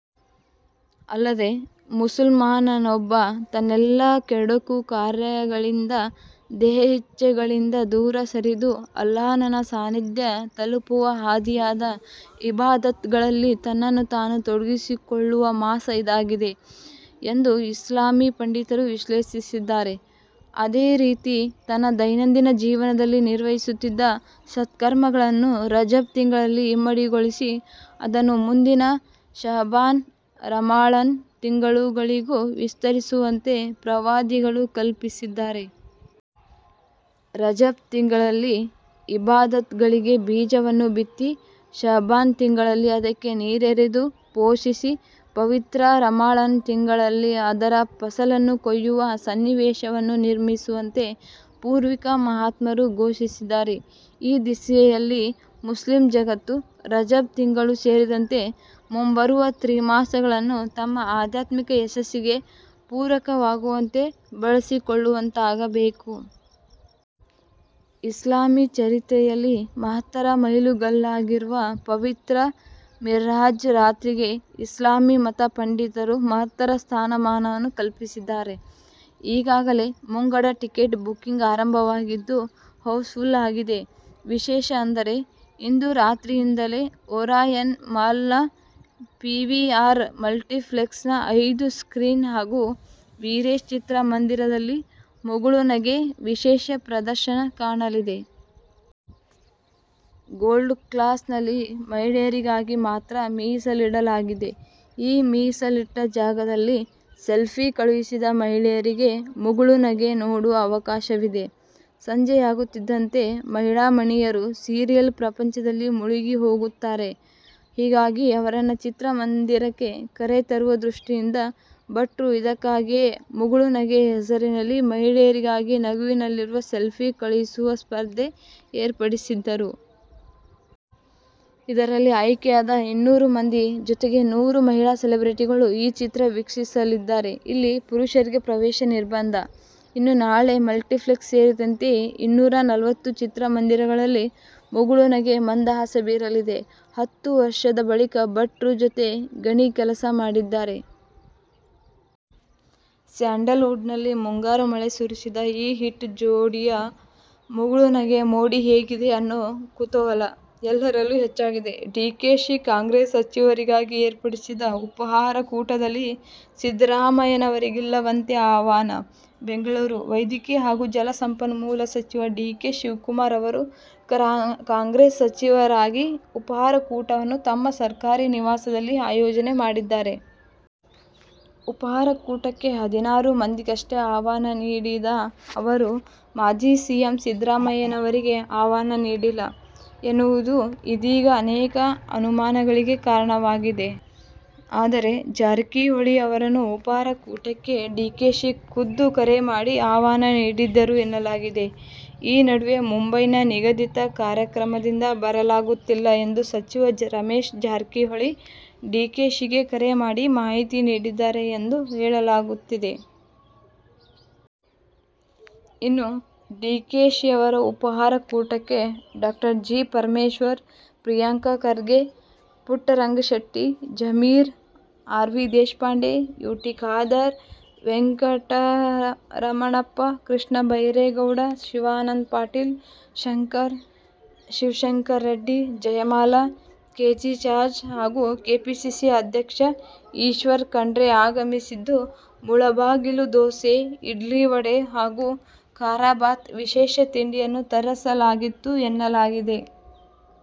ಅಲ್ಲದೆ ಮುಸಲ್ಮಾನನೊಬ್ಬ ತನ್ನೆಲ್ಲ ಕೆಡುಕು ಕಾರ್ಯಗಳಿಂದ, ದೇಹೇಚ್ಛೆಗಳಿಂದ ದೂರ ಸರಿದು, ಅಲ್ಲಾಹನ ಸಾನ್ನಿಧ್ಯ ತಲುಪುವ ಹಾದಿಯಾದ ಇಬಾದತ್ ಗಳಲ್ಲಿ ತನ್ನನ್ನು ತಾನು ತೊಡಗಿಸಿಕೊಳ್ಳುವ ಮಾಸ ಇದಾಗಿದೆ ಎಂದು ಇಸ್ಲಾಮೀ ಪಂಡಿತರು ವಿಶ್ಲೇಷಿದ್ದಾರೆ. ಅದೇ ರೀತಿ ತನ್ನ ದೈನಂದಿನ ಜೀವನದಲ್ಲಿ ನಿರ್ವಹಿಸುತ್ತಿದ್ದ ಸತ್ಕರ್ಮಗಳನ್ನು ರಜಬ್ ತಿಂಗಳಲ್ಲಿ ಇಮ್ಮಡಿಗೊಳಿಸಿ ಅದನ್ನು ಮುಂದಿನ ಶಅಬಾನ್, ರಮಳಾನ್ ತಿಂಗಳುಗಳಿಗೂ ವಿಸ್ತರಿಸುವಂತೆ ಪ್ರವಾದಿಗಳು ಕಲ್ಪಿಸಿದ್ದಾರೆ. ರಜಬ್ ತಿಂಗಳಲ್ಲಿ ಇಬಾದತ್ ಗಳಿಗೆ ಬೀಜವನ್ನು ಬಿತ್ತಿ, ಶಅಬಾನ್ ತಿಂಗಳಲ್ಲಿ ಅದಕ್ಕೆ ನೇರೆರೆದು ಪೋಷಿಸಿ, ಪವಿತ್ರ ರಮಳಾನ್ ತಿಂಗಳಲ್ಲಿ ಅದರ ಫಸಲನ್ನು ಕೊಯ್ಯುವ ಸನ್ನಿವೇಶವನ್ನು ನಿರ್ಮಿಸುವಂತೆ ಪೂರ್ವಿಕ ಮಹಾತ್ಮರು ಘೋಷಿಸಿದ್ದಾರೆ. ಈ ದಿಸೆಯಲ್ಲಿ ಮುಸ್ಲಿಂ ಜಗತ್ತು ರಜಬ್ ತಿಂಗಳು ಸೇರಿದಂತೆ ಮುಂಬರುವ ತ್ರಿಮಾಸಗಳನ್ನು ತಮ್ಮ ಆಧ್ಯಾತ್ಮಿಕ ಯಶಸ್ಸಿಗೆ ಪೂರಕವಾಗುವಂತೆ ಬಳಸಿಕೊಳ್ಳುವಂತಾಗಬೇಕು. ಇಸ್ಲಾಮೀ ಚರಿತ್ರೆಯಲ್ಲಿ ಮಹತ್ತರ ಮೈಲುಗಲ್ಲಾಗಿರುವ ಪವಿತ್ರ ಮಿಹ್ರಾಜ್ ರಾತ್ರಿಗೆ ಇಸ್ಲಾಮೀ ಮತ ಪಂಡಿತರು ಮಹತ್ತರ ಸ್ಥಾನಮಾನವನ್ನು ಕಲ್ಪಿಸಿದ್ದಾರೆ. ಈಗಾಗಲೇ ಮುಂಗಡ ಟಿಕೆಟ್ ಬುಕ್ಕಿಂಗ್ ಆರಂಭವಾಗಿದ್ದು, ಹೌಸ್ ಫುಲ್ ಆಗಿದೆ. ವಿಶೇಷ ಅಂದರೆ ಇಂದು ರಾತ್ರಿಯಿಂದಲೇ ಒರಾಯನ್ ಮಾಲ್ನ ಪಿವಿಆರ್ ಮಲ್ಟಿಪ್ಲೆಕ್ಸ್ ನ ಐದು ಸ್ಕ್ರೀನ್ ಹಾಗೂ ವಿರೇಶ ಚಿತ್ರಮಂದಿರದಲ್ಲಿ ಮುಗುಳುನಗೆ ವಿಶೇಷ ಪ್ರದರ್ಶನ ಕಾಣಲಿದೆ. ಗೋಲ್ಡ್ ಕ್ಲಾಸ್ ನಲ್ಲಿ ಮಹಿಳೆಯರಿಗಾಗಿ ಮಾತ್ರ ಮೀಸಲಿಡಲಾಗಿದೆ. ಈ ಮೀಸಲಿಟ್ಟ ಜಾಗದಲ್ಲಿ ಸೆಲ್ಫಿ ಕಳುಹಿಸಿದ ಮಹಿಳೆಯರಿಗೆ ಮುಗುಳು ನಗೆ' ನೋಡುವ ಅವಕಾಶವಿದೆ. ಸಂಜೆಯಾಗುತ್ತಿದ್ದಂತೆ ಮಹಿಳಾಮಣಿಯರು ಸೀರಿಯಲ್ ಪ್ರಪಂಚದಲ್ಲಿ ಮುಳುಗಿ ಹೋಗುತ್ತಾರೆ. ಹೀಗಾಗಿ ಅವರನ್ನ ಚಿತ್ರಮಂದಿರಕ್ಕೆ ಕರೆತರುವ ದೃಷ್ಟಿಯಿಂದ ಭಟ್ರು ಇದಕ್ಕಾಗಿಯೇ ಮುಗುಳು ನಗೆ' ಹೆಸರಲ್ಲಿ ಮಹಿಳೆಯರಿಗಾಗಿ ನಗುವಿನಲ್ಲಿರುವ ಸೆಲ್ಫೀ ಕಳುಹಿಸುವ ಸ್ಪರ್ಧೆ ಏರ್ಪಡಿಸಿದ್ದರು. ಇದರಲ್ಲಿ ಆಯ್ಕೆಯಾದ ಇನ್ನೂರು ಮಂದಿ ಜೊತೆಗೆ ನೂರು ಮಹಿಳಾ ಸೆಲೆಬ್ರಿಟಿಗಳು ಈ ಚಿತ್ರ ವೀಕ್ಷಿಸಲಿದ್ದಾರೆ. ಇಲ್ಲಿ ಪುರುಷರಿಗೆ ಪ್ರವೇಶ ನಿರ್ಬಂಧ. ಇನ್ನು ನಾಳೆ ಮಲ್ಟಿಪ್ಲೆಕ್ಸ್ ಸೇರಿದಂತೆ ಇನ್ನೂರ ನಲವತ್ತು ಚಿತ್ರಮಂದಿರಗಳಲ್ಲಿ ಮುಗುಳು ನಗೆ ಮಂದಹಾಸ ಬೀರಲಿದೆ. ಹತ್ತು ವರ್ಷದ ಬಳಿಕ ಭಟ್ರು ಜೊತೆ ಗಣಿ ಕೆಲಸ ಮಾಡಿದ್ದಾರೆ. ಸ್ಯಾಂಡಲ್ ವುಡ್ ನಲ್ಲಿ ಮುಂಗಾರು ಮಳೆ ಸುರಿಸಿದ ಈ ಹಿಟ್ ಜೋಡಿಯ ಮುಗುಳು ನಗೆ'ಯ ಮೋಡಿ ಹೇಗಿದೆ ಅನ್ನೋ ಕುತೂಹಲ ಎಲ್ಲರಲ್ಲೂ ಹೆಚ್ಚಾಗಿದೆ. ಡಿಕೆಶಿ ಕಾಂಗ್ರೆಸ್ ಸಚಿವರಿಗಾಗಿ ಏರ್ಪಡಿಸಿದ ಉಪಹಾರ ಕೂಟದಲ್ಲಿ ಸಿದ್ದರಾಮಯ್ಯನವರಿಗಿಲ್ಲವಂತೆ ಆಹ್ವಾನ. ಬೆಂಗಳೂರು: ವೈದ್ಯಕೀಯ ಹಾಗೂ ಜಲಸಂಪನ್ಮೂಲ ಸಚಿವ ಡಿ. ಕೆ. ಶಿವಕುಮಾರ್ ಅವರು ಕಾಂಗ್ರೆಸ್ ಸಚಿವರಿಗಾಗಿ ಉಪಹಾರ ಕೂಟವನ್ನು ತಮ್ಮ ಸರ್ಕಾರಿ ನಿವಾಸದಲ್ಲಿ ಆಯೋಜನೆ ಮಾಡಿದ್ದಾರೆ. ಉಪಹಾರ ಕೂಟಕ್ಕೆ ಹದಿನಾರು ಮಂದಿಗಷ್ಟೆ ಆಹ್ವಾನ ನೀಡಿದ ಅವರು ಮಾಜಿ ಸಿಎಂ ಸಿದ್ದರಾಮಯ್ಯನವರಿಗೆ ಆಹ್ವಾನ ನೀಡಿಲ್ಲ, ಎನ್ನುವುದು ಇದೀಗ ಅನೇಕ ಅನುಮಾನಗಳಿಗೆ ಕಾರಣವಾಗಿದೆ. ಆದರೆ ಜಾರಕಿಹೊಳಿ ಅವರನ್ನು ಉಪಹಾರ ಕೂಟಕ್ಕೆ ಡಿಕೆಶಿ ಖುದ್ದು ಕರೆ ಮಾಡಿ ಆಹ್ವಾನ ನೀಡಿದ್ದರು ಎನ್ನಲಾಗಿದೆ. ಈ ನಡುವೆ ಮುಂಬೈನ ನಿಗದಿತ ಕಾರ್ಯಕ್ರಮದಿಂದ ಬರಲಾಗುತ್ತಿಲ್ಲ ಎಂದು ಸಚಿವ ರಮೇಶ್ ಜಾರಕಿಹೊಳಿ ಡಿಕೆಶಿಗೆ ಕರೆ ಮಾಡಿ ಮಾಹಿತಿ ನೀಡಿದ್ದಾರೆ ಎಂದು ಹೇಳಲಾಗುತ್ತಿದೆ. ಇನ್ನು ಡಿಕೆಶಿಯವರ ಉಪಹಾರ ಕೂಟಕ್ಕೆ Dr. G. Parameshwar, Priyank Kharge, Puttarangashetty, Zameer, R. V. Deshpande, U. T Khader, Venkataramanappa, Krishna Byregowda, Shivananda Patil, Shankar, Shivashankara Reddy, Jayamala, K. J George, ಹಾಗೂ ಕೆಪಿಸಿಸಿ ಕಾರ್ಯಾಧ್ಯಕ್ಷ ಈಶ್ವರ್ ಖಂಡ್ರೆ ಆಗಮಿಸಿದ್ದು, ಮುಳಬಾಗಿಲು ದೋಸೆ, ಇಡ್ಲಿ-ವಡೆ ಹಾಗೂ ಕಾರಬಾತ್ ವಿಶೇಷ ತಿಂಡಿಯನ್ನು ತರಿಸಲಾಗಿತ್ತು ಎನ್ನಲಾಗಿದೆ.